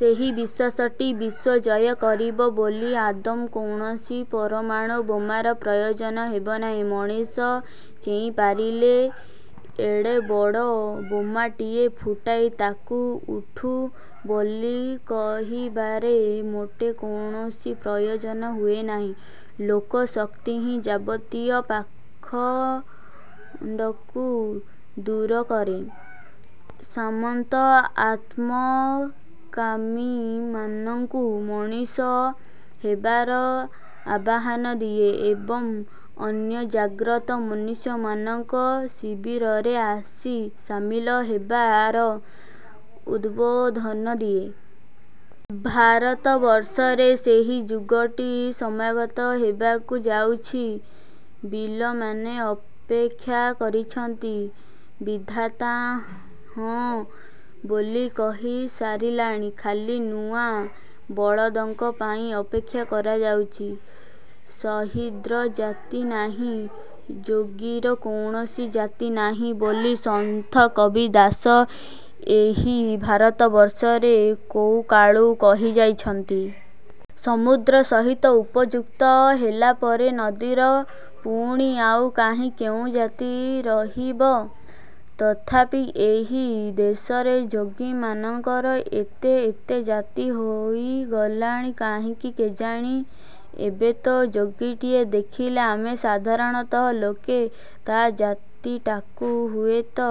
ସେହି ବିଶ୍ୱାସଟି ବିଶ୍ଵ ଜୟ କରିବ ବୋଲି ଆଦୌ କୌଣସି ପରମାଣୁ ବୋମାର ପ୍ରୟୋଜନ ହେବନାହିଁ। ମଣିଷ ଚେଇଁ ପାରିଲେ ଏଡ଼େ ବଡ଼ ବୋମାଟାଏ ଫୁଟାଇ ତାକୁ ଉଠୁ ବୋଲି କହିବାରେ ମୋଟେ କୌଣସି ପ୍ରୟୋଜନ ହୁଏନାହିଁ। ଲୋକଶକ୍ତି ହିଁ ଯାବତୀୟ ପାଖଣ୍ଡକୁ ଦୂର କରେ, ସାମନ୍ତ ଆତ୍ମକାମୀମାନଙ୍କୁ ମଣିଷ ହେବାର ଆବାହନ ଦିଏ ଏବଂ ଅନ୍ୟ ଜାଗ୍ରତ ମନୁଷ୍ୟମାନଙ୍କର ଶିବିରରେ ଆସି ସାମିଲ ହେବାର ଉଦ୍ବୋଧନ ଦିଏ। ଭାରତବର୍ଷରେ ସେହି ଯୁଗଟି ସମାଗତ ହେବାକୁ ଯାଉଛି। ବିଲମାନେ ଅପେକ୍ଷା କରିଛନ୍ତି। ବିଧାତା ହଁ ବୋଲି କହି ସାରିଲାଣି। ଖାଲି ନୂଆ ବଳଦଙ୍କ ପାଇଁ ଅପେକ୍ଷା କରାଯାଉଛି। ସହୀଦ୍ର ଜାତି ନାହିଁ ଯୋଗୀର କୌଣସି ଜାତି ନାହିଁ ବୋଲି ସନ୍ଥ କବୀର ଦାସ ଏହି ଭାରତବର୍ଷରେ କୋଉକାଳୁ କହିଯାଇଛନ୍ତି। ସମୁଦ୍ର ସହିତ ଯୁକ୍ତ ହେଲାପରେ ନଦୀର ପୁଣି ଆଉ କାହିଁକି କେଉଁ ଜାତି ରହିବ।? ତଥାପି ଏହି ଦେଶରେ ଯୋଗୀମାନଙ୍କର ଏତେ ଏତେ ଜାତି ହୋଇଗଲା କାହିଁକି କେଜାଣି? ଏବେ ତ ଯୋଗୀଟିଏ ଦେଖିଲେ ଆମେ ସାଧାରଣ ଲୋକେ ତା' ଜାତିଟାକୁ ହୁଏତ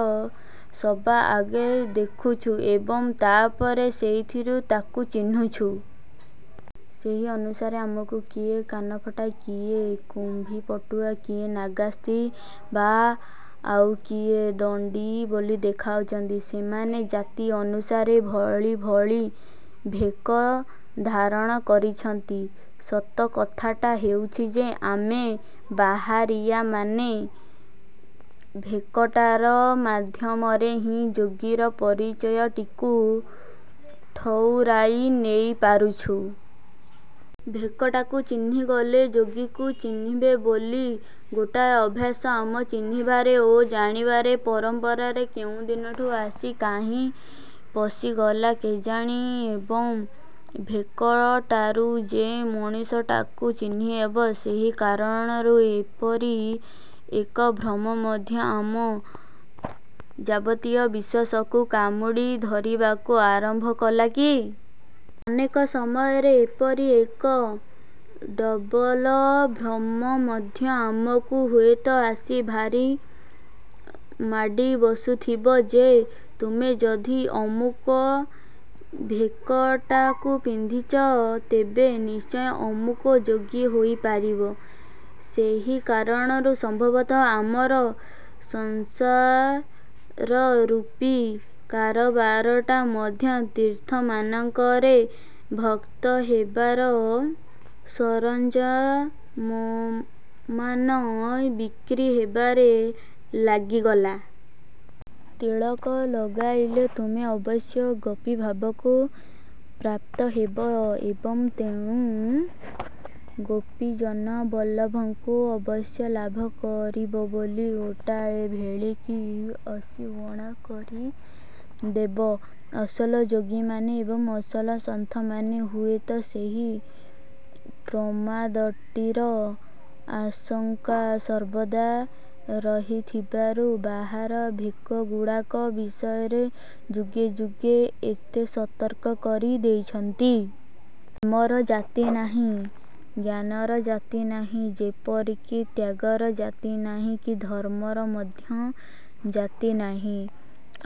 ସବା ଆଗ ଦେଖୁଛୁ ଏବଂ ତା'ପରେ ସେଇଥିରୁ ତାକୁ ଚିହ୍ନୁଛୁ। ସେହି ଅନୁସାରେ ଆମକୁ କିଏ କାନଫଟା, କିଏ କୁମ୍ଭୀପଟୁଆ, କିଏ ନାଗାନ୍ତୀ ବା ଆଉ କିଏ ଦଣ୍ଡୀ ବୋଲି ଦେଖାଯାଉଛନ୍ତି। ସେମାନେ ଜାତି ଅନୁସାରେ ଭଳି ଭଳି ଭେକ ଧାରଣ କରିଛନ୍ତି। ସତକଥାଟା ହେଉଛି ଯେ, ଆମେ ବାହାରିଆମାନେ ଭେକଟାର ମାଧ୍ୟମରେ ହିଁ ଯୋଗୀର ପରିଚୟଟିକୁ ଠଉରାଇ ନେଇପାରୁଛୁ। ଭେକଟାକୁ ଚିହ୍ନିଗଲେ ଯୋଗୀକୁ ଚିହ୍ନିହେବ ବୋଲି ଗୋଟାଏ ଅଭ୍ୟାସ ଆମ ଚିହ୍ନିବାର ଓ ଜାଣିବାର ପରମ୍ପରାରେ କୋଉଦିନରୁ ଆସି କାହିଁକି ପଶିଗଲା କେଜାଣି? ଏବଂ, ଭେକଟାରୁ ଯେ ମଣିଷଟାକୁ ଚିହ୍ନିହେବ, ସେହି କାରଣରୁ ଏପରି ଏକ ଭ୍ରମ ମଧ୍ୟ ଆମ ଯାବତୀୟ ବିଶ୍ୱାସକୁ କାମୁଡ଼ି ଧରିବାକୁ ଆରମ୍ଭ କଲା କି? ଅନେକ ସମୟରେ ଏପରି ଏକ ଡ଼ବଲ ଭ୍ରମ ମଧ୍ୟ ଆମକୁ ହୁଏତ ଆସି ଭାରି ମାଡ଼ି ବସୁଥିବ ଯେ, ତୁମେ ଯଦି ଅମୁକ ଭେକଟାକୁ ପିନ୍ଧିବ, ତେବେ ନିଶ୍ଚୟ ଅମୁକ ଯୋଗୀ ହୋଇପାରିବ। ସେହି କାରଣରୁ ସମ୍ଭବତଃ ଆମର ସଂସାରରୂପୀ କାରବାରଟାରେ ମଧ୍ୟ ତୀର୍ଥମାନଙ୍କରେ ଭକ୍ତ ହେବାର ସରଞ୍ଜାମମାନ ବିକ୍ରି ହେବାରେ ଲାଗିଗଲା। ତିଳକ ଲଗାଇଲେ ତୁମେ ଅବଶ୍ୟ ଗୋପୀଭାବକୁ ପ୍ରାପ୍ତ ହେବ ଏବଂ ତେଣୁ ଗୋପୀଜନବଲ୍ଲଭଙ୍କୁ ଅବଶ୍ୟ ଲାଭ କରିବ ବୋଲି ଗୋଟାଏ ଭେଳିକି ଆସି ବଣା କରିଦେବ। ଅସଲ ଯୋଗୀମାନେ ଏବଂ ଅସଲ ସନ୍ଥମାନେ ହୁଏତ ସେହି ପ୍ରମାଦଟିର ଆଶଙ୍କା ସର୍ବଦା ରହିଥିବାରୁ ବାହାର ଭେକଗୁଡ଼ାକ ବିଷୟରେ ଯୁଗେ ଯୁଗେ ଏତେ ସତର୍କ କରି ଦେଇଛନ୍ତି। ପ୍ରେମର ଜାତି ନାହିଁ, ଜ୍ଞାନର ଜାତି ନାହିଁ। ଏପରିକି ତ୍ୟାଗର ଜାତି ନାହିଁ କି ଧର୍ମର ମଧ୍ୟ ଜାତି ନାହିଁ।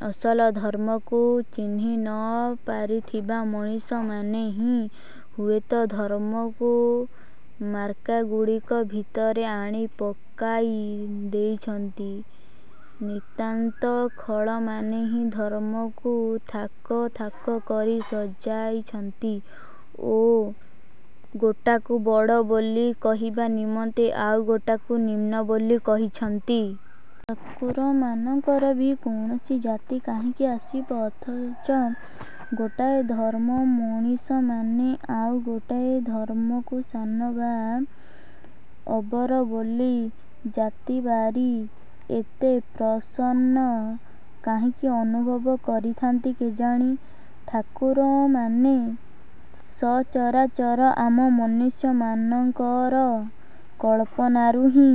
ଅସଲ ଧର୍ମକୁ ଚିହ୍ନି ନ ପାରିଥିବା ମଣିଷମାନେ ହିଁ ହୁଏତ ଧର୍ମକୁ ମାର୍କାଗୁଡ଼ିକ ଭିତରେ ଆଣି ପକାଇ ଦେଇଛନ୍ତି। ନିତାନ୍ତ ଖଳମାନେ ହିଁ ଧର୍ମକୁ ଥାକ ଥାକ କରି ସଜାଇଛନ୍ତି ଓ ଗୋଟାକୁ ବଡ଼ ବୋଲି କହିବା ନିମନ୍ତେ ଆଉ ଗୋଟାକୁ ନିମ୍ନ ବୋଲି କହିଛନ୍ତି। ଠାକୁରମାନଙ୍କର ବି କୌଣସି ଜାତି କାହିଁକି ଆସିବ? ଅଥଚ ଗୋଟାଏ ଧର୍ମର ମଣିଷମାନେ ଆଉ ଗୋଟାଏ ଧର୍ମକୁ ସାନ ବା ଅବର ବୋଲି ଜାତି ବାରି ଏତେ ପ୍ରସନ୍ନ କାହିଁକି ଅନୁଭବ କରିଥାନ୍ତି କେଜାଣି? ଠାକୁରମାନେ ସଚରାଚର ଆମ ମନୁଷ୍ୟମାନଙ୍କର କଳ୍ପନାରୁ ହିଁ